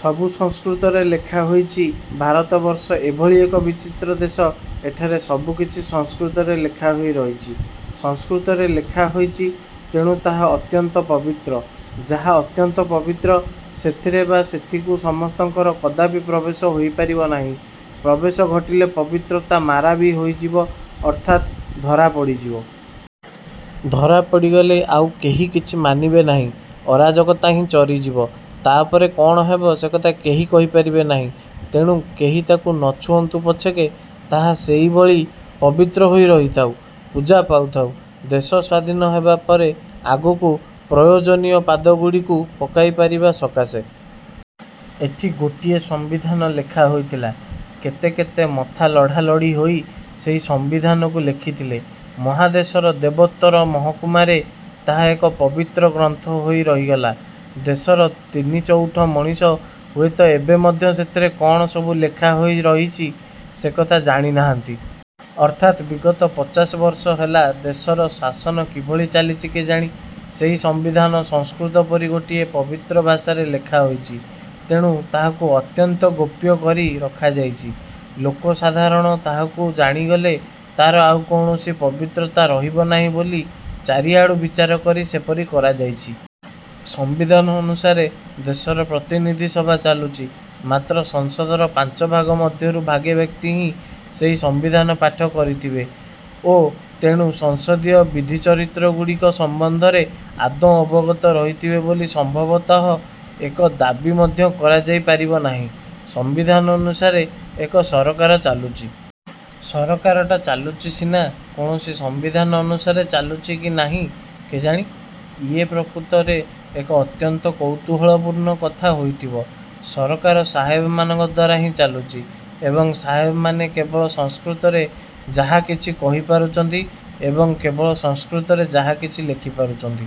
ସବୁ ସଂସ୍କୃତରେ ଲେଖାହୋଇଛି ଭାରତବର୍ଷ ଏଭଳି ଏକ ବିଚିତ୍ର ଦେଶ। ଏଠାରେ ସବୁକିଛି ସଂସ୍କୃତରେ ଲେଖାହୋଇ ରହିଛି। ସଂସ୍କୃତରେ ଲେଖା ହୋଇଛି ତେଣୁ ତାହା ଅତ୍ୟନ୍ତ ପବିତ୍ର। ଯାହା ଅତ୍ୟନ୍ତ ପବିତ୍ର ସେଥିରେ ବା ସେଥିକୁ ସମସ୍ତଙ୍କର କଦାପି ପ୍ରବେଶ ହୋଇପାରିବ ନାହିଁ। ପ୍ରବେଶ ଘଟିଲେ ପବିତ୍ରତା ମାରା ବି ହୋଇଯିବ ଅର୍ଥାତ୍ ଧରା ପଡ଼ିଯିବ। ଧରା ପଡ଼ିଗଲେ ଆଉ କେହି କିଛି ମାନିବେ ନାହିଁ। ଅରାଜକତା ହିଁ ଚରିଯିବ। ତାପରେ କଣ ହେବ ସେକଥା କେହି କହିପାରିବେ ନାହିଁ। ତେଣୁ କେହି ତାକୁ ନଛୁଅଁନ୍ତୁ ପଛକେ ତାହା ସେହିଭଳି ପବିତ୍ର ହୋଇ ରହିଥାଉ, ପୂଜା ପାଉଥାଉ। ଦେଶ ସ୍ୱାଧୀନ ହେବା ପରେ ଆଗକୁ ପ୍ରୟୋଜନୀୟ ପାଦଗୁଡ଼ିକୁ ପକାଇପାରିବା ସକାଶେ। ଏଠି ଗୋଟିଏ ସମ୍ବିଧାନ ଲେଖା ହୋଇଥିଲା। କେତେ କେତେ ମଥା ଲଢ଼ାଲଢ଼ି ହୋଇ ସେହି ସମ୍ବିଧାନକୁ ଲେଖିଥଲେ। ମହାଦେଶର ଦେବୋତ୍ତର ମହକୁମାରେ ତାହା ଏକ ପବିତ୍ର ଗ୍ରନ୍ଥ ହୋଇ ରହିଗଲା। ଦେଶର ତିନି ଚଉଠ ମଣିଷ ହୁଏତ ଏବେ ମଧ୍ୟ ସେଥିରେ କଣ ସବୁ ଲେଖାହୋଇ ରହିଛି ସେକଥା ଜାଣିନାହାନ୍ତି। ଅର୍ଥାତ୍ ବିଗତ ପଚାଶବର୍ଷ ହେଲା ଦେଶର ଶାସନ କିଭଳି ଚାଲିଛି କେଜାଣି? ସେହି ସମ୍ବିଧାନ ସଂସ୍କୃତ ପରି ଗୋଟିଏ ପବିତ୍ର ଭାଷାରେ ଲେଖା ହୋଇଛି। ତେଣୁ ତାହାକୁ ଅତ୍ୟନ୍ତ ଗୋପ୍ୟ କରି ରଖାଯାଇଛି। ଲୋକସାଧାରଣ ତାହାକୁ ଜାଣିଗଲେ ତାହାର ଆଉ କୌଣସି ପବିତ୍ରତା ରହିବନାହିଁ ବୋଲି ଚାରିଆଡ଼ୁ ବିଚାର କରି ସେପରି କରାଯାଇଛି। ସମ୍ବିଧାନ ଅନୁସାରେ ଦେଶର ପ୍ରତିନିଧି ସଭା ଚାଲୁଛି। ମାତ୍ର ସଂସଦର ପାଞ୍ଚଭାଗ ମଧ୍ୟରୁ ଭାଗେ ବ୍ୟକ୍ତି ହିଁ ସେହି ସମ୍ବିଧାନ ପାଠ କରିଥିବେ ଓ ତେଣୁ ସଂସଦୀୟ ବିଧିଚରିତ୍ରଗୁଡ଼ିକ ସମ୍ବନ୍ଧରେ ଆଦୌ ଅବଗତ ରହିଥିବେ ବୋଲି ସମ୍ଭବତଃ ଏକ ଦାବି ମଧ୍ୟ କରାଯାଇ ପାରିବନାହିଁ। ସମ୍ବିଧାନ ଅନୁସାରେ ଏକ ସରକାର ଚାଲୁଛି। ସରକାରଟା ଚାଲୁଛି ସିନା କୌଣସି ସମ୍ବିଧାନ ଅନୁସାରେ ଚାଲୁଛି କି ନାହିଁ କେଜାଣି? ଇଏ ପ୍ରକୃତରେ ଏକ ଅତ୍ୟନ୍ତ କୌତୁହଳପୂର୍ଣ୍ଣ କଥା ହୋଇଥିବ। ସରକାର ସାହେବମାନଙ୍କ ଦ୍ୱାରା ହିଁ ଚାଲୁଛି। ଏବଂ ସାହେବମାନେ କେବଳ ସଂସ୍କୃତରେ ଯାହାକିଛି କହି ପାରୁଛନ୍ତି ଏବଂ କେବଳ ସଂସ୍କୃତରେ ଯାହାକିଛି ଲେଖି ପାରୁଛନ୍ତି।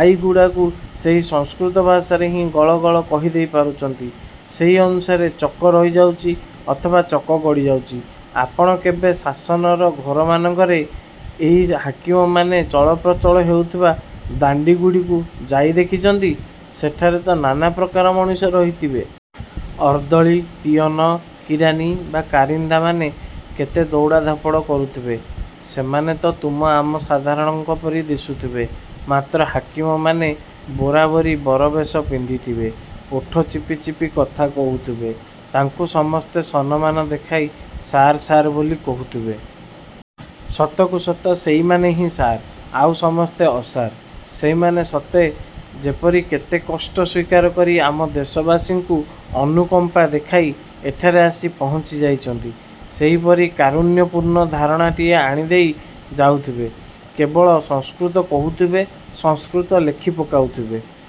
ଆଇଗୁଡ଼ାକୁ ସେହି ସଂସ୍କୃତ ଭାଷାରେ ହିଁ ଗଳ ଗଳ କହିଦେଇ ପାରୁଛନ୍ତି। ସେହି ଅନୁସାରେ ଚକ ରହିଯାଉଛି ଅଥବା ଚକ ଗଡ଼ିଯାଉଛି। ଆପଣ କେବେ ଶାସନର ଘରମାନଙ୍କରେ ଏହି ହାକିମମାନେ ଚଳପ୍ରଚଳ ହେଉଥିବା ଦାଣ୍ଡିଗୁଡ଼ିକୁ ଯାଇ ଦେଖିଛନ୍ତି? ସେଠାରେ ତ ନାନା ପ୍ରକାର ମଣିଷ ରହିଥିବେ। ଅର୍ଦ୍ଦଳି, ପିଅନ, କିରାନି ବା କାରିନ୍ଦାମାନେ କେତେ ଦଉଡ଼ା ଧାପଡ଼ କରୁଥିବେ। ସେମାନେ ତ ତୁମ ଆମ ସାଧାରଣଙ୍କ ପରି ଦିଶୁଥବେ। ମାତ୍ର ହାକିମ ମାନେ ବୋରାବୋରି ବରବେଶ ପିନ୍ଧିଥିବେ। ଓଠ ଚିପି ଚିପି କଥା କହୁଥିବେ। ତାଙ୍କୁ ସମସ୍ତେ ସନମାନ ଦେଖାଇ ସାର୍ ସାର୍ ବୋଲି କହୁଥିବେ। ସତକୁ ସତ ସେଇମାନେ ହିଁ ସାର ଆଉ ସମସ୍ତେ ଅସାର। ସେମାନେ ସତେ ଯେପରି କେତେ କଷ୍ଟ ସ୍ୱୀକାର କରି ଆମ ଦେଶବାସୀଙ୍କୁ ଅନୁକମ୍ପା ଦେଖାଇ ଏଠାରେ ଆସି ପହଞ୍ଚି ଯାଇଛନ୍ତି। ସେହିପରି କାରୁଣ୍ୟପୂର୍ଣ୍ଣ ଧାରଣାଟିଏ ଆଣିଦେଇ ଯାଉଥିବେ। କେବଳ ସଂସ୍କୃତ କହୁଥିବେ, ସଂସ୍କୃତ ଲେଖି ପକାଉଥିବେ।